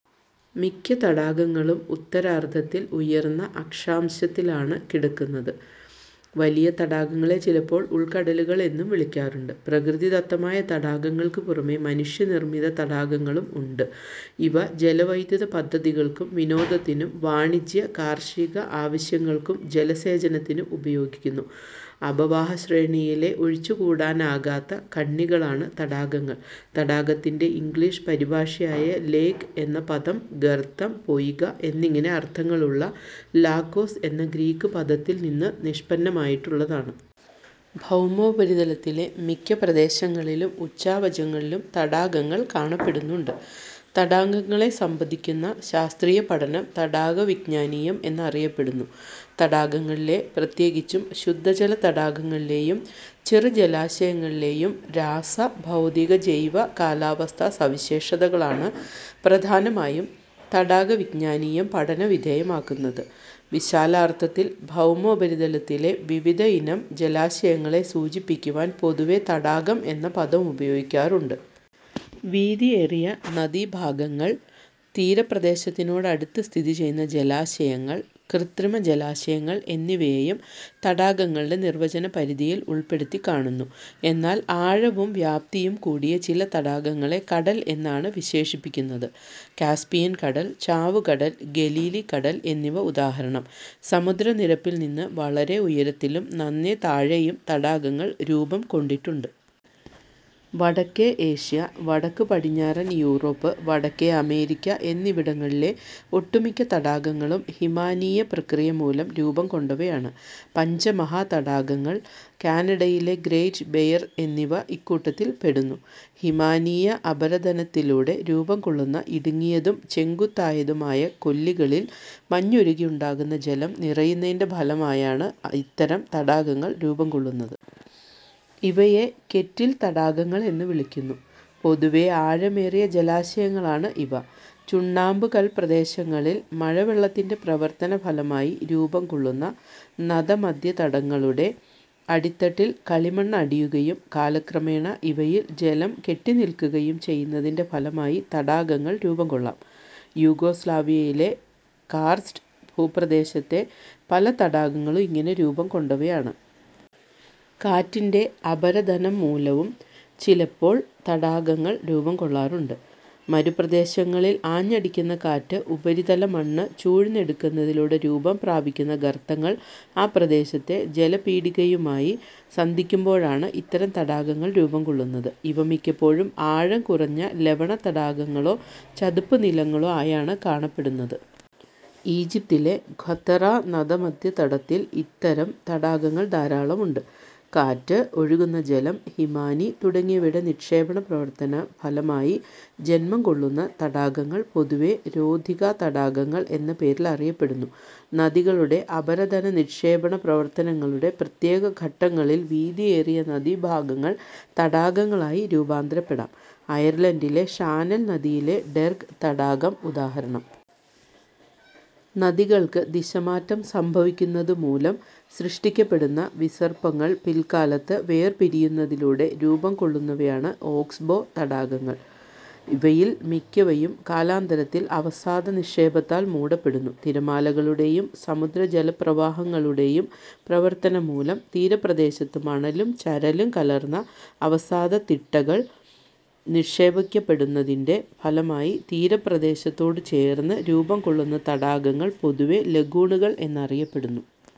മിക്ക തടാകങ്ങളും ഉത്തരാർദ്ധത്തിൽ ഉയർന്ന അക്ഷാംശത്തിലാണ് കിടക്കുന്നത്. വലിയ തടാകങ്ങളെ ചിലപ്പോൾ ഉൾക്കടലുകൾ എന്നും വിളിക്കാറുണ്ട്. പ്രകൃതിദത്തമായ തടാകങ്ങൾക്കു പുറമേ മനുഷ്യനിർമ്മിത തടാകങ്ങളും ഉണ്ട്. ഇവ ജലവൈദ്യുതപദ്ധതികൾക്കും വിനോദത്തിനും വാണിജ്യ, കാർഷിക ആവശ്യങ്ങൾക്കും ജലസേചനത്തിനും ഉപയോഗിക്കുന്നു. അപവാഹ ശ്രേണിയിലെ ഒഴിച്ചുകൂടാനാകാത്ത കണ്ണികളാണ് തടാകങ്ങൾ. തടാകത്തിന്റെ ഇംഗ്ലീഷ് പരിഭാഷയായ ലേക്എന്ന പദം ഗർത്തം, പൊയ്കഎന്നിങ്ങനെ അർഥങ്ങളുള്ള ലാകോസ് എന്ന ഗ്രീക്കുപദത്തിൽ നിന്ന് നിഷ്പന്നമായിട്ടുള്ളതാണ്. ഭൌമോപരിതലത്തിലെ മിക്ക പ്രദേശങ്ങളിലും ഉച്ചാ വചങ്ങളിലും തടാകങ്ങൾ കാണപ്പെടുന്നുണ്ട്. തടാകങ്ങളെ സംബന്ധിക്കുന്ന ശാസ്ത്രീയ പഠനം തടാക വിജ്ഞാനീയം എന്നറിയപ്പെടുന്നു. തടാകങ്ങളിലെ, പ്രത്യേകിച്ചും ശുദ്ധജലതടാകങ്ങളിലേയും ചെറു ജലാശയങ്ങളി ലേയും രാസ-ഭൗതിക-ജൈവ-കാലാവസ്ഥാ സവിശേഷതകളാണ് പ്രധാനമായും തടാകവിജ്ഞാനീയം പഠനവിധേയമാക്കുന്നത്. വിശാലാർഥത്തിൽ ഭൗമോപരിതലത്തിലെ വിവിധയിനം ജലാശയങ്ങളെ സൂചിപ്പിക്കുവാൻ പൊതുവേ തടാകം എന്ന പദമുപയോഗിക്കാറുണ്ട്. വീതിയേറിയ നദീഭാഗങ്ങൾ, തീരപ്രദേശത്തോടടുത്തു സ്ഥിതിചെയ്യുന്ന ജലാശയങ്ങൾ, കൃത്രിമ ജലാശയങ്ങൾ എന്നിവയെയും തടാകങ്ങളുടെ നിർവചന പരിധിയിൽ ഉൾപ്പെടുത്തി കാണുന്നു. എന്നാൽ ആഴവും വ്യാപ്തിയും കൂടിയ ചില തടാകങ്ങളെ കടൽ എന്നാണ് വിശേഷിപ്പിക്കുന്നത്. കാസ്പിയൻ കടൽ, ചാവുകടൽ, ഗലീലി കടൽ എന്നിവ ഉദാഹരണം. സമുദ്ര നിരപ്പിൽ നിന്ന് വളരെ ഉയരത്തിലും നന്നേ താഴെയും തടാകങ്ങൾ രൂപംകൊണ്ടിട്ടുണ്ട്. വടക്കേ ഏഷ്യ, വടക്കു പടിഞ്ഞാറൻ യൂറോപ്പ്, വടക്കേ അമേരിക്ക എന്നിവിടങ്ങളിലെ ഒട്ടുമിക്ക തടാകങ്ങളും ഹിമാനീയ പ്രക്രിയമൂലം രൂപംകൊണ്ടവയാണ്. പഞ്ച മഹാതടാകങ്ങൾ, കാനഡയിലെ ഗ്രേറ്റ് ബെയർ എന്നിവ ഇക്കൂട്ടത്തിൽപ്പെടുന്നു. ഹിമാനീയ അപരദനത്തിലൂടെ രൂപംകൊള്ളുന്ന ഇടുങ്ങിയതും ചെങ്കുത്തായതുമായ കൊല്ലികളിൽ മഞ്ഞുരുകിയുണ്ടാകുന്ന ജലം നിറയുന്നതിന്റെ ഫലമായാണ് ഇത്തരം തടാകങ്ങൾ രൂപംകൊള്ളുന്നത്. ഇവയെ കെറ്റിൽ തടാകങ്ങൾ എന്നു വിളിക്കുന്നു. പൊതുവേ ആഴമേറിയ ജലാശയങ്ങളാണ് ഇവ. ചുണ്ണാമ്പുകൽ പ്രദേശങ്ങളിൽ മഴവെള്ളത്തിന്റെ പ്രവർത്തന ഫലമായി രൂപംകൊള്ളുന്ന നതമധ്യതടങ്ങളുടെ അടിത്തട്ടിൽ കളിമണ്ണടിയുകയും കാലക്രമേണ ഇവയിൽ ജലം കെട്ടിനില്ക്കുകയും ചെയ്യുന്നതിന്റെ ഫലമായി തടാകങ്ങൾ രൂപംകൊള്ളാം. യുഗോസ്ലോവിയയിലെ കാർസ്റ്റ് ഭൂപ്രദേശത്തെ പല തടാകങ്ങളും ഇങ്ങനെ രൂപം കൊണ്ടവയാണ്. കാറ്റിന്റെ അപരദനം മൂലവും ചിലപ്പോൾ തടാകങ്ങൾ രൂപം കൊള്ളാറുണ്ട്. മരുപ്രദേശങ്ങളിൽ ആഞ്ഞടിക്കുന്ന കാറ്റ് ഉപരിതല മണ്ണ് ചൂഴ്ന്നെടുക്കുന്നതിലൂടെ രൂപം പ്രാപിക്കുന്ന ഗർത്തങ്ങൾ ആ പ്രദേശത്തെ ജലപീഠികയുമായി സന്ധിക്കുമ്പോഴാണ് ഇത്തരം തടാകങ്ങൾ രൂപംകൊള്ളുന്നത്. ഇവ മിക്കപ്പോഴും ആഴം കുറഞ്ഞ ലവണ തടാകങ്ങളോ ചതുപ്പു നിലങ്ങളോ ആയാണ് കാണപ്പെടുന്നത്. ഈജിപ്തിലെ ഖ്വത്തറ നതമധ്യതടത്തിൽ ഇത്തരം തടാകങ്ങൾ ധാരാളമുണ്ട്. കാറ്റ്, ഒഴുകുന്ന ജലം, ഹിമാനി തുടങ്ങിയവയുടെ നിക്ഷേപണ പ്രവർത്തന ഫലമായി ജന്മം കൊള്ളുന്ന തടാകങ്ങൾ പൊതുവേ രോധികാ തടാകങ്ങൾ എന്ന പേരിൽ അറിയപ്പെടുന്നു. നദികളുടെ അപരദന-നിക്ഷേപണ പ്രവർത്തനങ്ങളുടെ പ്രത്യേക ഘട്ടങ്ങളിൽ വീതിയേറിയ നദീഭാഗങ്ങൾ തടാകങ്ങളായി രൂപാന്തരപ്പെടാം; അയർലണ്ടിലെ ഷാനൽ നദിയിലെ ഡെർഗ് തടാകം ഉദാഹരണം. നദികൾക്ക് ദിശമാറ്റം സംഭവിക്കുന്നതുമൂലം സൃഷ്ടിക്കപ്പെടുന്ന വിസർപ്പങ്ങൾ പില്ക്കാലത്ത് വേർ പിരിയുന്നതിലൂടെ രൂപംകൊള്ളുന്നവയാണ് ഓക്സ്ബോ തടാകങ്ങൾ. ഇവയിൽ മിക്കവയും കാലാന്തരത്തിൽ അവസാദ നിക്ഷേപത്താൽ മൂടപ്പെടുന്നു. തിരമാലകളുടേയും സമുദ്ര ജലപ്രവാഹങ്ങളുടേയും പ്രവർത്തനംമൂലം തീരപ്രദേശത്ത് മണലും ചരലും കലർന്ന അവസാദത്തിട്ടുകൾ നിക്ഷേപിക്കപ്പെടു ന്നതിന്റെ ഫലമായി തീരപ്രദേശത്തോടു ചേർന്ന് രൂപംകൊള്ളുന്ന തടാകങ്ങൾ പൊതുവേ ലഗൂണുകൾ എന്നറിയപ്പെടുന്നു.